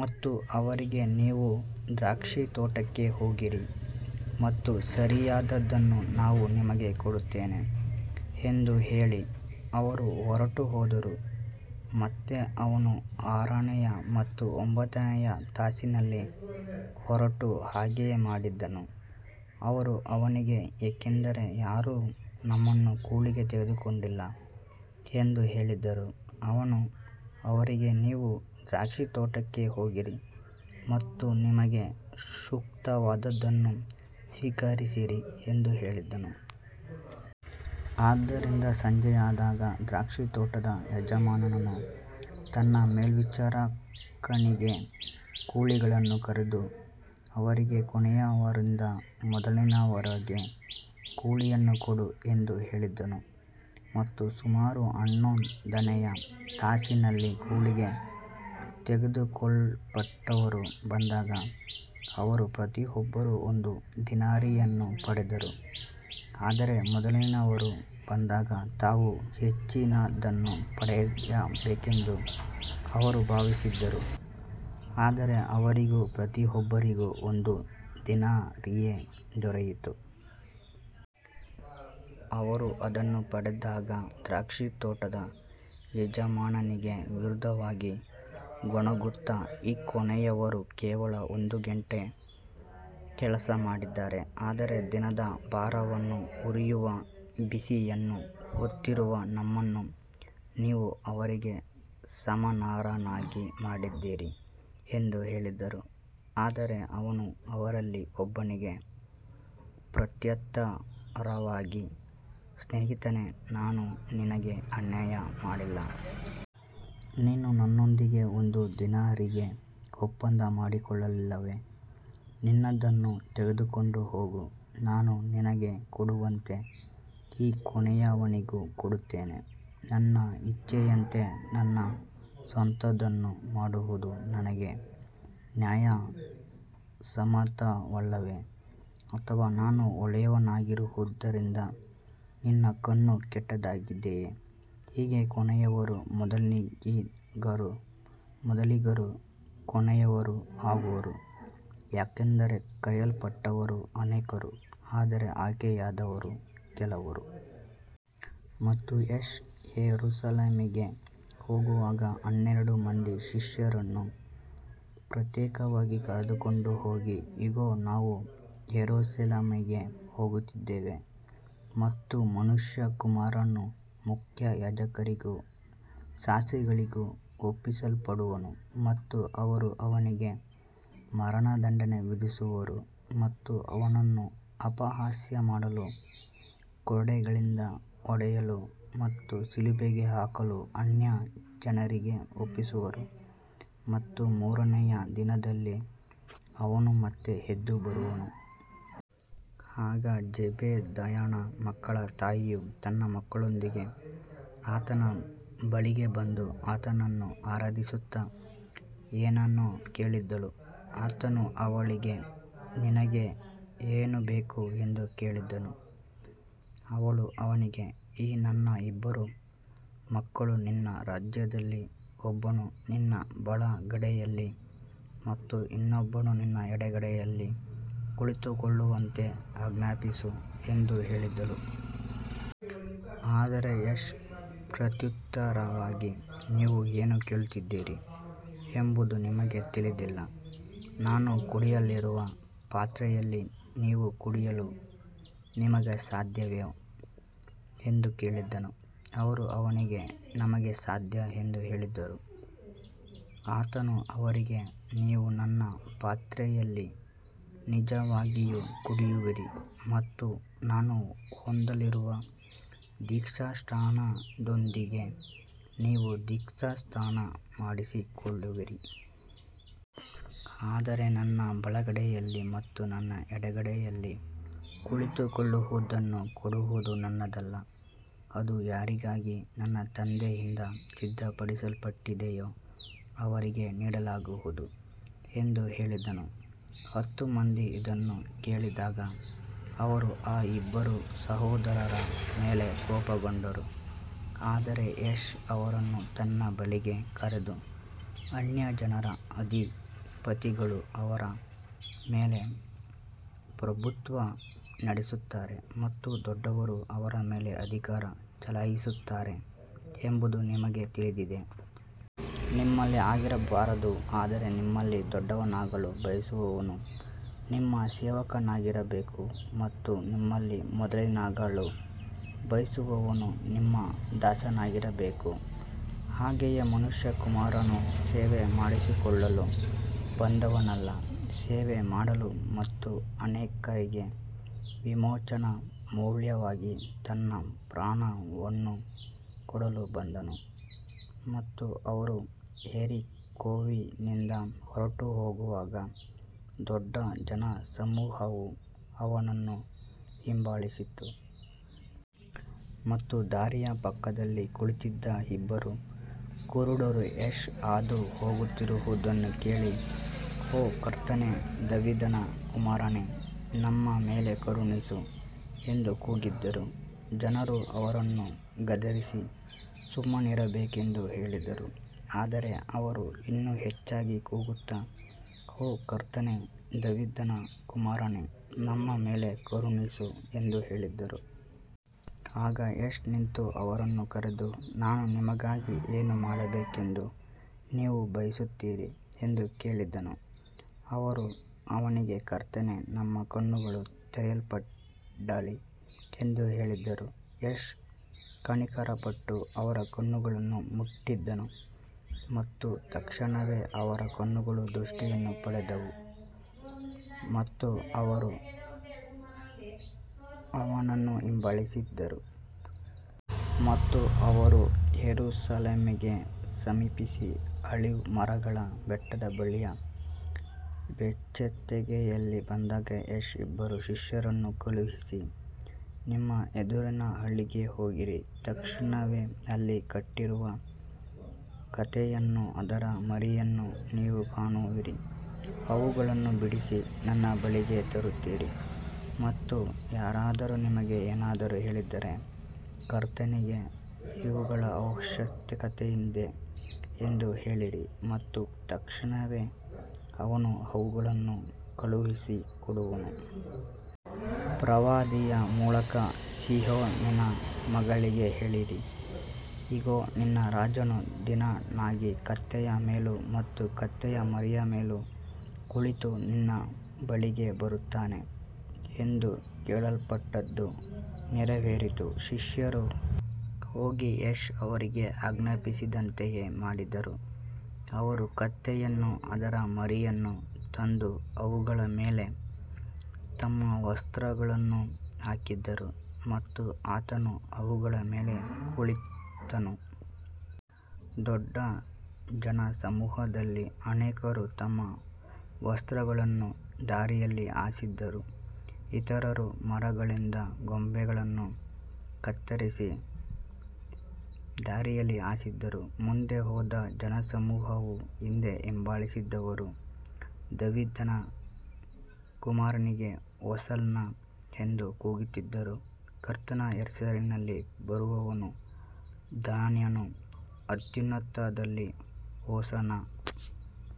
ಮತ್ತು ಅವರಿಗೆ, ನೀವೂ ದ್ರಾಕ್ಷಿತೋಟಕ್ಕೆ ಹೋಗಿರಿ, ಮತ್ತು ಸರಿಯಾದದ್ದನ್ನು ನಾನು ನಿಮಗೆ ಕೊಡುತ್ತೇನೆ ಎಂದು ಹೇಳಿ ಅವರು ಹೊರಟುಹೋದರು. ಮತ್ತೆ ಅವನು ಆರನೆಯ ಮತ್ತು ಒಂಬತ್ತನೆಯ ತಾಸಿನಲ್ಲಿ ಹೊರಟು ಹಾಗೆಯೇ ಮಾಡಿದನು. ಅವರು ಅವನಿಗೆ, ಏಕೆಂದರೆ ಯಾರೂ ನಮ್ಮನ್ನು ಕೂಲಿಗೆ ತೆಗೆದುಕೊಂಡಿಲ್ಲ ಎಂದು ಹೇಳಿದರು. ಅವನು ಅವರಿಗೆ, ನೀವೂ ದ್ರಾಕ್ಷಿತೋಟಕ್ಕೆ ಹೋಗಿರಿ, ಮತ್ತು ನಿಮಗೆ ಸೂಕ್ತವಾದದ್ದನ್ನು ಸ್ವೀಕರಿಸಿರಿ ಎಂದು ಹೇಳಿದನು. ಆದ್ದರಿಂದ ಸಂಜೆಯಾದಾಗ ದ್ರಾಕ್ಷಿತೋಟದ ಯಜಮಾನನು ತನ್ನ ಮೇಲ್ವಿಚಾರಕನಿಗೆ, ಕೂಲಿಗಳನ್ನು ಕರೆದು ಅವರಿಗೆ ಕೊನೆಯವರಿಂದ ಮೊದಲಿನವರವರೆಗೆ ಕೂಲಿಯನ್ನು ಕೊಡು ಎಂದು ಹೇಳಿದನು. ಮತ್ತು ಸುಮಾರು ಹನ್ನೊಂದನೆಯ ತಾಸಿನಲ್ಲಿ ಕೂಲಿಗೆ ತೆಗೆದುಕೊಳ್ಳಲ್ಪಟ್ಟವರು ಬಂದಾಗ, ಅವರು ಪ್ರತಿಯೊಬ್ಬರೂ ಒಂದು ದಿನಾರಿಯನ್ನು ಪಡೆದರು. ಆದರೆ ಮೊದಲನೆಯವರು ಬಂದಾಗ, ತಾವು ಹೆಚ್ಚಿನದನ್ನು ಪಡೆಯಬೇಕೆಂದು ಅವರು ಭಾವಿಸಿದರು, ಆದರೆ ಅವರಿಗೂ ಪ್ರತಿಯೊಬ್ಬರಿಗೂ ಒಂದು ದಿನಾರಿಯೇ ದೊರೆಯಿತು. ಅವರು ಅದನ್ನು ಪಡೆದಾಗ ದ್ರಾಕ್ಷಿತೋಟದ ಯಜಮಾನನಿಗೆ ವಿರುದ್ಧವಾಗಿ ಗೊಣಗುತ್ತಾ, ಈ ಕೊನೆಯವರು ಕೇವಲ ಒಂದು ಗಂಟೆ ಕೆಲಸ ಮಾಡಿದ್ದಾರೆ, ಆದರೆ ದಿನದ ಭಾರವನ್ನೂ ಉರಿಯುವ ಬಿಸಿಯನ್ನೂ ಹೊತ್ತಿರುವ ನಮ್ಮನ್ನು ನೀವು ಅವರಿಗೆ ಸಮಾನರನ್ನಾಗಿ ಮಾಡಿದ್ದೀರಿ ಎಂದು ಹೇಳಿದರು. ಆದರೆ ಅವನು ಅವರಲ್ಲಿ ಒಬ್ಬನಿಗೆ ಪ್ರತ್ಯುತ್ತರವಾಗಿ, ಸ್ನೇಹಿತನೇ, ನಾನು ನಿನಗೆ ಅನ್ಯಾಯ ಮಾಡಿಲ್ಲ. ನೀನು ನನ್ನೊಂದಿಗೆ ಒಂದು ದಿನಾರಿಗೆ ಒಪ್ಪಂದ ಮಾಡಿಕೊಳ್ಳಲಿಲ್ಲವೇ. ನಿನ್ನದನ್ನು ತೆಗೆದುಕೊಂಡು ಹೋಗು. ನಾನು ನಿನಗೆ ಕೊಡುವಂತೆ ಈ ಕೊನೆಯವನಿಗೂ ಕೊಡುತ್ತೇನೆ. ನನ್ನ ಇಚ್ಛೆಯಂತೆ ನನ್ನ ಸ್ವಂತದ್ದನ್ನು ಮಾಡುವುದು ನನಗೆ ನ್ಯಾಯಸಮ್ಮತವಲ್ಲವೇ. ಅಥವಾ ನಾನು ಒಳ್ಳೆಯವನಾಗಿರುವುದರಿಂದ ನಿನ್ನ ಕಣ್ಣು ಕೆಟ್ಟದ್ದಾಗಿದೆಯೇ. ಹೀಗೆ ಕೊನೆಯವರು ಮೊದಲಿಗರೂ ಮೊದಲಿಗರು ಕೊನೆಯವರೂ ಆಗುವರು, ಯಾಕಂದರೆ ಕರೆಯಲ್ಪಟ್ಟವರು ಅನೇಕರು, ಆದರೆ ಆಯ್ಕೆಯಾದವರು ಕೆಲವರು. ಮತ್ತು ಯೇಸು ಯೆರೂಸಲೇಮಿಗೆ ಹೋಗುವಾಗ ಹನ್ನೆರಡು ಮಂದಿ ಶಿಷ್ಯರನ್ನು ಪ್ರತ್ಯೇಕವಾಗಿ ಕರೆದುಕೊಂಡು ಹೋಗಿ, ಇಗೋ, ನಾವು ಯೆರೂಸಲೇಮಿಗೆ ಹೋಗುತ್ತಿದ್ದೇವೆ, ಮತ್ತು ಮನುಷ್ಯಕುಮಾರನು ಮುಖ್ಯ ಯಾಜಕರಿಗೂ ಶಾಸ್ತ್ರಿಗಳಿಗೂ ಒಪ್ಪಿಸಲ್ಪಡುವನು, ಮತ್ತು ಅವರು ಅವನಿಗೆ ಮರಣದಂಡನೆ ವಿಧಿಸುವರು. ಮತ್ತು ಅವನನ್ನು ಅಪಹಾಸ್ಯ ಮಾಡಲು, ಕೊರಡೆಗಳಿಂದ ಹೊಡೆಯಲು ಮತ್ತು ಶಿಲುಬೆಗೆ ಹಾಕಲು ಅನ್ಯಜನರಿಗೆ ಒಪ್ಪಿಸುವರು, ಮತ್ತು ಮೂರನೆಯ ದಿನದಲ್ಲಿ ಅವನು ಮತ್ತೆ ಎದ್ದು ಬರುವನು. ಆಗ ಜೆಬೆದಾಯನ ಮಕ್ಕಳ ತಾಯಿಯು ತನ್ನ ಮಕ್ಕಳೊಂದಿಗೆ ಆತನ ಬಳಿಗೆ ಬಂದು, ಆತನನ್ನು ಆರಾಧಿಸುತ್ತಾ ಏನನ್ನೋ ಕೇಳಿದಳು. ಆತನು ಅವಳಿಗೆ, ನಿನಗೆ ಏನು ಬೇಕು ಎಂದು ಕೇಳಿದನು. ಅವಳು ಅವನಿಗೆ, ಈ ನನ್ನ ಇಬ್ಬರು ಮಕ್ಕಳು ನಿನ್ನ ರಾಜ್ಯದಲ್ಲಿ ಒಬ್ಬನು ನಿನ್ನ ಬಲಗಡೆಯಲ್ಲಿ ಮತ್ತು ಇನ್ನೊಬ್ಬನು ನಿನ್ನ ಎಡಗಡೆಯಲ್ಲಿ ಕುಳಿತುಕೊಳ್ಳುವಂತೆ ಆಜ್ಞಾಪಿಸು ಎಂದು ಹೇಳಿದಳು. ಆದರೆ ಯೇಸು ಪ್ರತ್ಯುತ್ತರವಾಗಿ, ನೀವು ಏನು ಕೇಳುತ್ತಿದ್ದೀರಿ ಎಂಬುದು ನಿಮಗೆ ತಿಳಿದಿಲ್ಲ. ನಾನು ಕುಡಿಯಲಿರುವ ಪಾತ್ರೆಯಲ್ಲಿ ನೀವು ಕುಡಿಯಲು ನಿಮಗೆ ಸಾಧ್ಯವೋ ಎಂದು ಕೇಳಿದನು. ಅವರು ಅವನಿಗೆ, ನಮಗೆ ಸಾಧ್ಯ ಎಂದು ಹೇಳಿದರು. ಆತನು ಅವರಿಗೆ, ನೀವು ನನ್ನ ಪಾತ್ರೆಯಲ್ಲಿ ನಿಜವಾಗಿಯೂ ಕುಡಿಯುವಿರಿ, ಮತ್ತು ನಾನು ಹೊಂದಲಿರುವ ದೀಕ್ಷಾಸ್ನಾನದೊಂದಿಗೆ ನೀವು ದೀಕ್ಷಾಸ್ನಾನ ಮಾಡಿಸಿಕೊಳ್ಳುವಿರಿ. ಆದರೆ ನನ್ನ ಬಲಗಡೆಯಲ್ಲಿ ಮತ್ತು ನನ್ನ ಎಡಗಡೆಯಲ್ಲಿ ಕುಳಿತುಕೊಳ್ಳುವುದನ್ನು ಕೊಡುವುದು ನನ್ನದಲ್ಲ. ಅದು ಯಾರಿಗಾಗಿ ನನ್ನ ತಂದೆಯಿಂದ ಸಿದ್ಧಪಡಿಸಲ್ಪಟ್ಟಿದೆಯೋ ಅವರಿಗೆ ನೀಡಲಾಗುವುದು ಎಂದು ಹೇಳಿದನು. ಹತ್ತು ಮಂದಿ ಇದನ್ನು ಕೇಳಿದಾಗ, ಅವರು ಆ ಇಬ್ಬರು ಸಹೋದರರ ಮೇಲೆ ಕೋಪಗೊಂಡರು. ಆದರೆ ಯೇಸು ಅವರನ್ನು ತನ್ನ ಬಳಿಗೆ ಕರೆದು, ಅನ್ಯಜನರ ಅಧಿಪತಿಗಳು ಅವರ ಮೇಲೆ ಪ್ರಭುತ್ವ ನಡೆಸುತ್ತಾರೆ ಮತ್ತು ದೊಡ್ಡವರು ಅವರ ಮೇಲೆ ಅಧಿಕಾರ ಚಲಾಯಿಸುತ್ತಾರೆ ಎಂಬುದು ನಿಮಗೆ ತಿಳಿದಿದೆ. ನಿಮ್ಮಲ್ಲಿ ಹಾಗಿರಬಾರದು. ಆದರೆ ನಿಮ್ಮಲ್ಲಿ ದೊಡ್ಡವನಾಗಲು ಬಯಸುವವನು ನಿಮ್ಮ ಸೇವಕನಾಗಿರಬೇಕು. ಮತ್ತು ನಿಮ್ಮಲ್ಲಿ ಮೊದಲಿಗನಾಗಲು ಬಯಸುವವನು ನಿಮ್ಮ ದಾಸನಾಗಿರಬೇಕು. ಹಾಗೆಯೇ ಮನುಷ್ಯಕುಮಾರನು ಸೇವೆ ಮಾಡಿಸಿಕೊಳ್ಳಲು ಬಂದವನಲ್ಲ, ಸೇವೆ ಮಾಡಲು ಮತ್ತು ಅನೇಕರಿಗೆ ವಿಮೋಚನಾ ಮೌಲ್ಯವಾಗಿ ತನ್ನ ಪ್ರಾಣವನ್ನು ಕೊಡಲು ಬಂದನು. ಮತ್ತು ಅವರು ಯೆರಿಕೋವಿನಿಂದ ಹೊರಟುಹೋಗುವಾಗ ದೊಡ್ಡ ಜನಸಮೂಹವು ಅವನನ್ನು ಹಿಂಬಾಲಿಸಿತು. ಮತ್ತು ದಾರಿಯ ಪಕ್ಕದಲ್ಲಿ ಕುಳಿತಿದ್ದ ಇಬ್ಬರು ಕುರುಡರು, ಯೇಸು ಹಾದುಹೋಗುತ್ತಿರುವುದನ್ನು ಕೇಳಿ, ಓ ಕರ್ತನೇ, ದಾವೀದನ ಕುಮಾರನೇ, ನಮ್ಮ ಮೇಲೆ ಕರುಣಿಸು ಎಂದು ಕೂಗಿದರು. ಜನರು ಅವರನ್ನು ಗದರಿಸಿ ಸುಮ್ಮನಿರಬೇಕೆಂದು ಹೇಳಿದರು. ಆದರೆ ಅವರು ಇನ್ನೂ ಹೆಚ್ಚಾಗಿ ಕೂಗುತ್ತಾ, ಓ ಕರ್ತನೇ, ದಾವೀದನ ಕುಮಾರನೇ, ನಮ್ಮ ಮೇಲೆ ಕರುಣಿಸು ಎಂದು ಹೇಳಿದರು. ಆಗ ಯೇಸು ನಿಂತು ಅವರನ್ನು ಕರೆದು, ನಾನು ನಿಮಗಾಗಿ ಏನು ಮಾಡಬೇಕೆಂದು ನೀವು ಬಯಸುತ್ತೀರಿ ಎಂದು ಕೇಳಿದನು. ಅವರು ಅವನಿಗೆ, ಕರ್ತನೇ, ನಮ್ಮ ಕಣ್ಣುಗಳು ತೆರೆಯಲ್ಪಡಲಿ ಎಂದು ಹೇಳಿದರು. ಯೇಸು ಕನಿಕರಪಟ್ಟು ಅವರ ಕಣ್ಣುಗಳನ್ನು ಮುಟ್ಟಿದನು, ಮತ್ತು ತಕ್ಷಣವೇ ಅವರ ಕಣ್ಣುಗಳು ದೃಷ್ಟಿಯನ್ನು ಪಡೆದವು, ಮತ್ತು ಅವರು ಅವನನ್ನು ಹಿಂಬಾಲಿಸಿದರು. ಮತ್ತು ಅವರು ಯೆರೂಸಲೇಮಿಗೆ ಸಮೀಪಿಸಿ ಆಲಿವ್ ಮರಗಳ ಬೆಟ್ಟದ ಬಳಿಯ ಬೆತ್ಫಗೆಯಲ್ಲಿ ಬಂದಾಗ, ಯೇಸು ಇಬ್ಬರು ಶಿಷ್ಯರನ್ನು ಕಳುಹಿಸಿ, ನಿಮ್ಮ ಎದುರಿನ ಹಳ್ಳಿಗೆ ಹೋಗಿರಿ. ತಕ್ಷಣವೇ ಅಲ್ಲಿ ಕಟ್ಟಿರುವ ಕತ್ತೆಯನ್ನೂ ಅದರ ಮರಿಯನ್ನೂ ನೀವು ಕಾಣುವಿರಿ. ಅವುಗಳನ್ನು ಬಿಡಿಸಿ ನನ್ನ ಬಳಿಗೆ ತರುತ್ತೀರಿ. ಮತ್ತು ಯಾರಾದರೂ ನಿಮಗೆ ಏನಾದರೂ ಹೇಳಿದರೆ, ಕರ್ತನಿಗೆ ಇವುಗಳ ಅವಶ್ಯಕತೆಯಿದೆ ಎಂದು ಹೇಳಿರಿ, ಮತ್ತು ತಕ್ಷಣವೇ ಅವನು ಅವುಗಳನ್ನು ಕಳುಹಿಸಿಕೊಡುವನು. ಪ್ರವಾದಿಯ ಮೂಲಕ, ಸೀಯೋನಿನ ಮಗಳಿಗೆ ಹೇಳಿರಿ, ಇಗೋ, ನಿನ್ನ ರಾಜನು ದೀನನಾಗಿ, ಕತ್ತೆಯ ಮೇಲೂ ಮತ್ತು ಕತ್ತೆಯ ಮರಿಯ ಮೇಲೂ ಕುಳಿತು ನಿನ್ನ ಬಳಿಗೆ ಬರುತ್ತಾನೆ ಎಂದು ಹೇಳಲ್ಪಟ್ಟದ್ದು ನೆರವೇರಿತು. ಶಿಷ್ಯರು ಹೋಗಿ ಯೇಸು ಅವರಿಗೆ ಆಜ್ಞಾಪಿಸಿದಂತೆಯೇ ಮಾಡಿದರು. ಅವರು ಕತ್ತೆಯನ್ನೂ ಅದರ ಮರಿಯನ್ನೂ ತಂದು ಅವುಗಳ ಮೇಲೆ ತಮ್ಮ ವಸ್ತ್ರಗಳನ್ನು ಹಾಕಿದರು, ಮತ್ತು ಆತನು ಅವುಗಳ ಮೇಲೆ ಕುಳಿತನು. ದೊಡ್ಡ ಜನಸಮೂಹದಲ್ಲಿ ಅನೇಕರು ತಮ್ಮ ವಸ್ತ್ರಗಳನ್ನು ದಾರಿಯಲ್ಲಿ ಹಾಸಿದರು, ಇತರರು ಮರಗಳಿಂದ ಕೊಂಬೆಗಳನ್ನು ಕತ್ತರಿಸಿ ದಾರಿಯಲ್ಲಿ ಹಾಸಿದರು. ಮುಂದೆ ಹೋದ ಜನಸಮೂಹವೂ ಹಿಂದೆ ಹಿಂಬಾಲಿಸಿದವರೂ, ದಾವೀದನ ಕುಮಾರನಿಗೆ ಹೊಸನ್ನಾ ಎಂದು ಕೂಗುತ್ತಿದ್ದರು. ಕರ್ತನ ಹೆಸರಿನಲ್ಲಿ ಬರುವವನು ಧನ್ಯನು. ಅತ್ಯುನ್ನತದಲ್ಲಿ ಹೊಸನ್ನಾ.